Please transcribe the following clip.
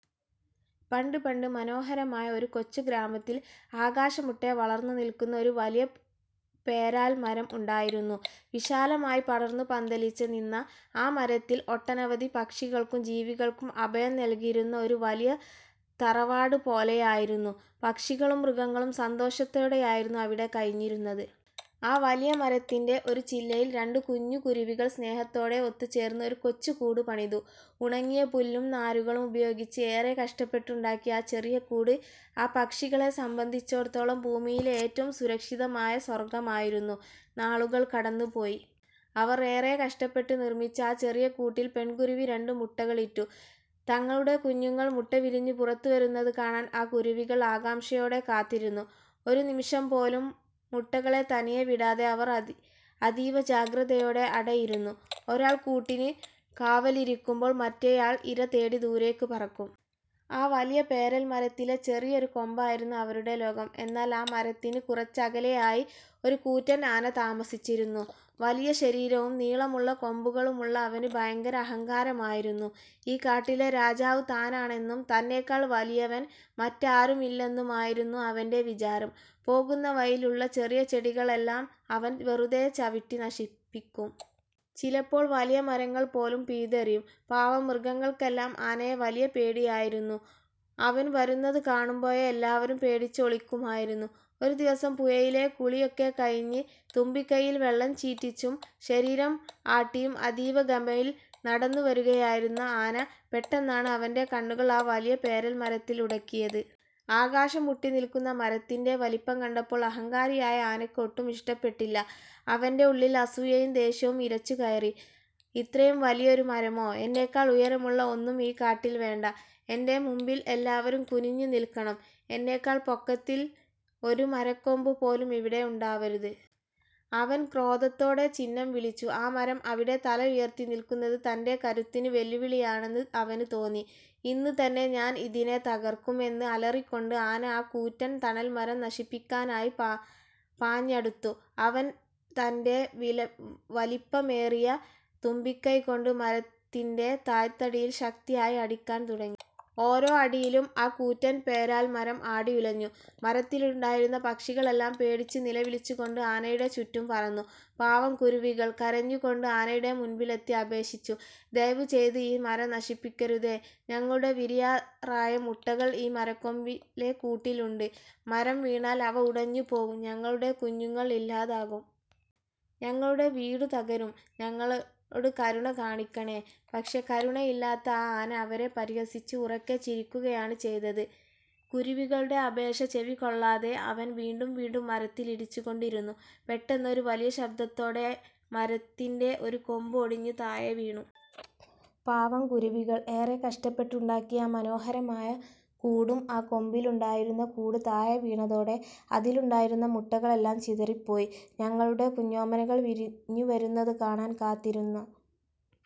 പണ്ട് പണ്ട് മനോഹരമായ ഒരു കൊച്ചു ഗ്രാമത്തിൽ, ആകാശമുട്ടേ വളർന്നു നിൽക്കുന്ന ഒരു വലിയ പേരാൽമരം ഉണ്ടായിരുന്നു. വിശാലമായി പടർന്നു പന്തലിച്ചു നിന്ന ആ മരത്തണൽ ഒട്ടനവധി പക്ഷികൾക്കും ജീവികൾക്കും അഭയം നൽകിയിരുന്ന ഒരു വലിയ തറവാട് പോലെയായിരുന്നു. പക്ഷികളും മൃഗങ്ങളും സന്തോഷത്തോടെയായിരുന്നു അവിടെ കഴിഞ്ഞിരുന്നത്. ആ വലിയ മരത്തിന്റെ ഒരു ചില്ലയിൽ, രണ്ട് കുഞ്ഞു കുരുവികൾ സ്നേഹത്തോടെ ഒത്തുചേർന്ന് ഒരു കൊച്ചു കൂട് പണിതു. ഉണങ്ങിയ പുല്ലും നാരുകളും ഉപയോഗിച്ച് ഏറെ കഷ്ടപ്പെട്ട് ഉണ്ടാക്കിയ ആ ചെറിയ കൂട് ആ പക്ഷികളെ സംബന്ധിച്ചിടത്തോളം ഭൂമിയിലെ ഏറ്റവും സുരക്ഷിതമായ സ്വർഗമായിരുന്നു. നാളുകൾ കടന്നുപോയി. അവർ ഏറെ കഷ്ടപ്പെട്ട് നിർമ്മിച്ച ആ ചെറിയ കൂട്ടിൽ പെൺകുരുവി രണ്ടു മുട്ടകളിട്ടു. തങ്ങളുടെ കുഞ്ഞുങ്ങൾ മുട്ട വിരിഞ്ഞു പുറത്തുവരുന്നത് കാണാൻ ആ കുരുവികൾ ആകാംക്ഷയോടെ കാത്തിരുന്നു. ഒരു നിമിഷം പോലും മുട്ടകളെ തനിയെ വിടാതെ അവർ അതീവ ജാഗ്രതയോടെ അടയിരുന്നു. ഒരാൾ കൂട്ടിന് കാവലിരിക്കുമ്പോൾ, മറ്റേയാൾ ഇര തേടി ദൂരേക്ക് പറക്കും. ആ വലിയ പേരാൽമരത്തിലെ ചെറിയൊരു കൊമ്പായിരുന്നു അവരുടെ ലോകം. എന്നാൽ, ആ മരത്തിന് കുറച്ചകലെയായി ഒരു കൂറ്റൻ ആന താമസിച്ചിരുന്നു. വലിയ ശരീരവും നീളമുള്ള കൊമ്പുകളുമുള്ള അവന് ഭയങ്കര അഹങ്കാരമായിരുന്നു. ഈ കാട്ടിലെ രാജാവ് താനാണെന്നും തന്നെക്കാൾ വലിയവൻ മറ്റാരുമില്ലെന്നുമായിരുന്നു അവന്റെ വിചാരം. പോകുന്ന വഴിയിലുള്ള ചെറിയ ചെടികളെല്ലാം അവൻ വെറുതെ ചവിട്ടി നശിപ്പിക്കും. ചിലപ്പോൾ വലിയ മരങ്ങൾ പോലും പിഴുതെറിയും. പാവം മൃഗങ്ങൾക്കെല്ലാം ആനയെ വലിയ പേടിയായിരുന്നു. അവൻ വരുന്നതു കാണുമ്പോഴേ എല്ലാവരും പേടിച്ച് ഒളിക്കുമായിരുന്നു. ഒരു ദിവസം പുഴയിലെ കുളിയൊക്കെ കഴിഞ്ഞ്, തുമ്പിക്കൈയിൽ വെള്ളം ചീറ്റിച്ചും ശരീരം ആട്ടിയും അതീവ ഗമയിൽ നടന്നു വരികയായിരുന്നു ആന. പെട്ടെന്നാണ് അവന്റെ കണ്ണുകൾ ആ വലിയ പേരാൽമരത്തിൽ ഉടക്കിയത്. ആകാശം മുട്ടി നിൽക്കുന്ന മരത്തിന്റെ വലിപ്പം കണ്ടപ്പോൾ അഹങ്കാരിയായ ആനയ്ക്ക് ഒട്ടും ഇഷ്ടപ്പെട്ടില്ല. അവന്റെ ഉള്ളിൽ അസൂയയും ദേഷ്യവും ഇരച്ചു കയറി. ഇത്രയും വലിയൊരു മരമോ? എന്നെക്കാൾ ഉയരമുള്ള ഒന്നും ഈ കാട്ടിൽ വേണ്ട! എന്റെ മുൻപിൽ എല്ലാവരും കുനിഞ്ഞു നിൽക്കണം. എന്നെക്കാൾ പൊക്കത്തിൽ ഒരു മരക്കൊമ്പുപോലും ഇവിടെ ഉണ്ടാവരുത്! " അവൻ ക്രോധത്തോടെ ചിന്നംവിളിച്ചു. ആ മരം അവിടെ തലയുയർത്തി നിൽക്കുന്നത് തന്റെ കരുത്തിന് വെല്ലുവിളിയാണെന്ന് അവന് തോന്നി. "ഇന്ന് തന്നെ ഞാൻ ഇതിനെ തകർക്കും! " എന്ന് അലറിക്കൊണ്ട്, ആന ആ കൂറ്റൻ തണൽമരം നശിപ്പിക്കാനായി പാഞ്ഞടുത്തു. അവൻ തന്റെ വലിപ്പമേറിയ തുമ്പിക്കൈ കൊണ്ട് മരത്തിന്റെ തായ്ത്തടിയിൽ ശക്തിയായി അടിക്കാൻ തുടങ്ങി. ഓരോ അടിയിലും ആ കൂറ്റൻ പേരാൽമരം ആടിയുലഞ്ഞു. മരത്തിലുണ്ടായിരുന്ന പക്ഷികളെല്ലാം പേടിച്ച് നിലവിളിച്ചു കൊണ്ട് ആനയുടെ ചുറ്റും പറന്നു. പാവം കുരുവികൾ കരഞ്ഞു കൊണ്ട് ആനയുടെ മുൻപിലെത്തി അപേക്ഷിച്ചു: "ദയവുചെയ്ത് ഈ മരം നശിപ്പിക്കരുതേ! ഞങ്ങളുടെ വിരിയാറായ മുട്ടകൾ ഈ മരക്കൊമ്പിലെ കൂട്ടിലുണ്ട്. മരം വീണാൽ അവ ഉടഞ്ഞുപോകും, ഞങ്ങളുടെ കുഞ്ഞുങ്ങൾ ഇല്ലാതാകും. ഞങ്ങളുടെ വീടും തകരും. ഞങ്ങളോട് കരുണ കാണിക്കണേ. " പക്ഷേ, കരുണയില്ലാത്ത ആ ആന അവരെ പരിഹസിച്ച് ഉറക്കെ ചിരിക്കുകയാണ് ചെയ്തത്. കുരുവികളുടെ അപേക്ഷ ചെവിക്കൊള്ളാതെ അവൻ വീണ്ടും വീണ്ടും മരത്തിൽ ഇടിച്ചു കൊണ്ടിരുന്നു. പെട്ടെന്ന്, ഒരു വലിയ ശബ്ദത്തോടെ മരത്തിന്റെ ഒരു കൊമ്പ് ഒടിഞ്ഞു താഴെ വീണു. പാവം കുരുവികൾ ഏറെ കഷ്ടപ്പെട്ട് ഉണ്ടാക്കിയ ആ മനോഹരമായ കൂടും ആ കൊമ്പിലുണ്ടായിരുന്നു. കൂട് താഴെ വീണതോടെ അതിലുണ്ടായിരുന്ന മുട്ടകളെല്ലാം ചിതറിപ്പോയി. തങ്ങളുടെ കുഞ്ഞോമനകൾ വിരിഞ്ഞുവരുന്നത് കാണാൻ കാത്തിരുന്ന ആ